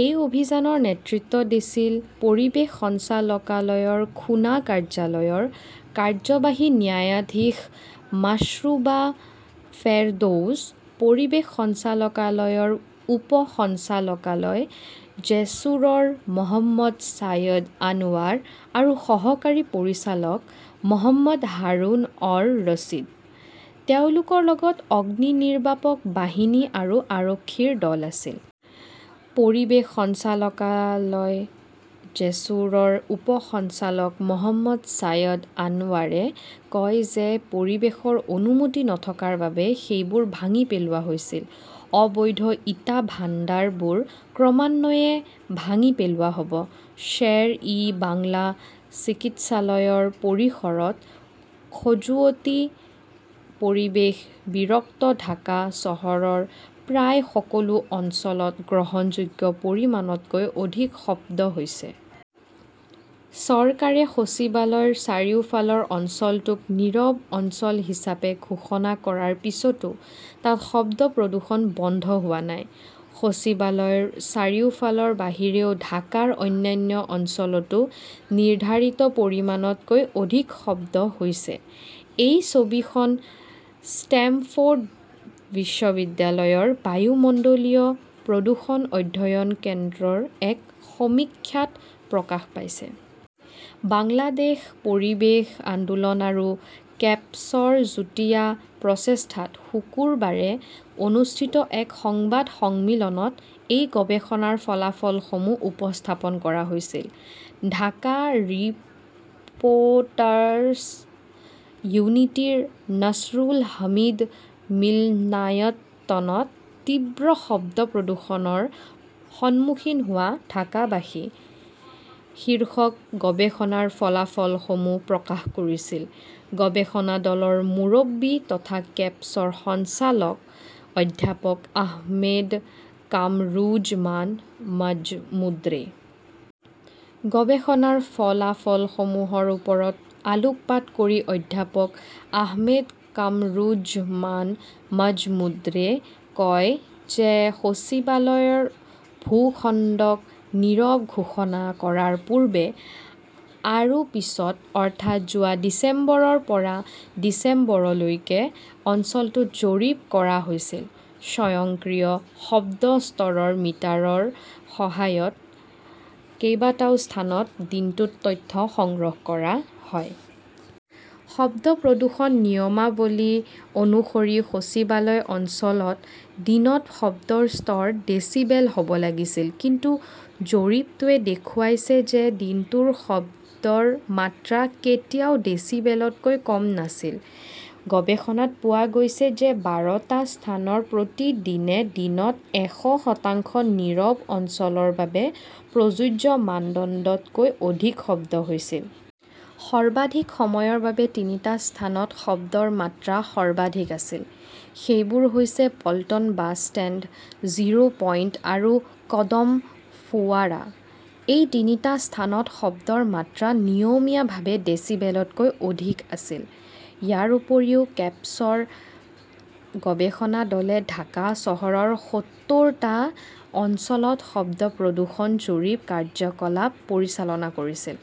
এই অভিযানৰ নেতৃত্ব দিছিল পৰিৱেশ সঞ্চালকালয়ৰ খুনা কাৰ্যালয়ৰ কাৰ্যবাহী ন্যায়াধীশ মাশ্ৰুবা ফেৰদৌছ, পৰিৱেশ সঞ্চালকালয়ৰ উপ সঞ্চালকালয় জেছুৰৰ মহম্মদ ছাইদ আনৱাৰ আৰু সহকাৰী পৰিচালক মহম্মদ হাৰুন-অৰ-ৰছিদ। তেওঁলোকৰ লগত অগ্নিনিৰ্বাপক বাহিনী আৰু আৰক্ষীৰ দল আছিল। পৰিৱেশ সঞ্চালকালয়, জেছুৰৰ উপ সঞ্চালক মহম্মদ ছাইদ আনৱাৰে কয় যে পৰিৱেশৰ অনুমতি নথকাৰ বাবে সেইবোৰ ভাঙি পেলোৱা হৈছিল। অবৈধ ইটা ভাণ্ডাৰবোৰ ক্ৰমান্বয়ে ভাঙি পেলোৱা হ'ব। শ্বেৰ-ই-বাংলা চিকিৎসালয়ৰ পৰিসৰত খজুৱতি, পৰিৱেশ বিৰক্ত ঢাকা চহৰৰ প্ৰায় সকলো অঞ্চলত গ্ৰহণযোগ্য পৰিমাণতকৈ অধিক শব্দ হৈছে। চৰকাৰে সচিবালয়ৰ চাৰিওফালৰ অঞ্চলটোক নীৰৱ অঞ্চল হিচাপে ঘোষণা কৰাৰ পিছতো তাত শব্দ প্ৰদূষণ বন্ধ হোৱা নাই। সচিবালয়ৰ চাৰিওফালৰ বাহিৰেও ঢাকাৰ অন্যান্য অঞ্চলতো নিৰ্ধাৰিত পৰিমাণতকৈ অধিক শব্দ হৈছে। এই ছবিখন ষ্টেমফৰ্ড বিশ্ববিদ্যালয়ৰ বায়ুমণ্ডলীয় প্ৰদূষণ অধ্যয়ন কেন্দ্ৰৰ এক সমীক্ষাত প্ৰকাশ পাইছে। বাংলাদেশ পৰিৱেশ আন্দোলন আৰু কেপছৰ যুটীয়া প্ৰচেষ্টাত শুকুৰবাৰে অনুষ্ঠিত এক সংবাদ সন্মিলনত এই গৱেষণাৰ ফলাফলসমূহ উপস্থাপন কৰা হৈছিল। ঢাকা ৰিপ'ৰ্টাৰ্ছ ইউনিটিৰ নাছৰুল হামিদ মিলনায়তনত 'তীব্ৰ শব্দ প্ৰদূষণৰ সন্মুখীন হোৱা ঢাকাবাসী" শীৰ্ষক গৱেষণাৰ ফলাফলসমূহ প্ৰকাশ কৰিছিল গৱেষণা দলৰ মুৰব্বী তথা কেপছৰ সঞ্চালক অধ্যাপক আহমেদ কামৰুজমান মাজমুদ্ৰে। গৱেষণাৰ ফলাফলসমূহৰ ওপৰত আলোকপাত কৰি অধ্যাপক আহমেদ কামৰুজ্জমান মাজমুদ্ৰে কয় যে সচিবালয়ৰ ভূখণ্ডক নীৰৱ ঘোষণা কৰাৰ পূৰ্বে আৰু পিছত, অৰ্থাৎ যোৱা ডিচেম্বৰৰ পৰা ডিচেম্বৰলৈকে অঞ্চলটোত জৰীপ কৰা হৈছিল। স্বয়ংক্ৰিয় শব্দ স্তৰৰ মিটাৰৰ সহায়ত কেইবাটাও স্থানত দিনটোত তথ্য সংগ্ৰহ কৰা হয়। শব্দ প্ৰদূষণ নিয়মাৱলী অনুসৰি সচিবালয় অঞ্চলত দিনত শব্দৰ স্তৰ ডেছিবেল হ 'ব লাগিছিল। কিন্তু জৰীপটোৱে দেখুৱাইছে যে দিনটোৰ শব্দৰ মাত্ৰা কেতিয়াও ডেসিবেলতকৈ কম নাছিল। গৱেষণাত পোৱা গৈছে যে বাৰটা স্থানৰ প্ৰতিটোতে দিনত এশ শতাংশ নীৰৱ অঞ্চলৰ বাবে প্ৰযোজ্য মানদণ্ড তকৈ অধিক শব্দ হৈছিল। সৰ্বাধিক সময়ৰ বাবে তিনিটা স্থানত শব্দৰ মাত্ৰা সৰ্বাধিক আছিল। সেইবোৰ হৈছে Paltan bus stand, zero point আৰু কদম ফোৱাৰা। এই তিনিটা স্থানত শব্দৰ মাত্ৰা নিয়মীয়াভাৱে ডেসিবেলতকৈ অধিক আছিল। ইয়াৰ উপৰিও, কেপছৰ গৱেষণা দলে ঢাকা চহৰৰ সত্তৰ টা অঞ্চলত শব্দ প্ৰদূষণ জৰীপ কাৰ্যকলাপ পৰিচালনা কৰিছিল।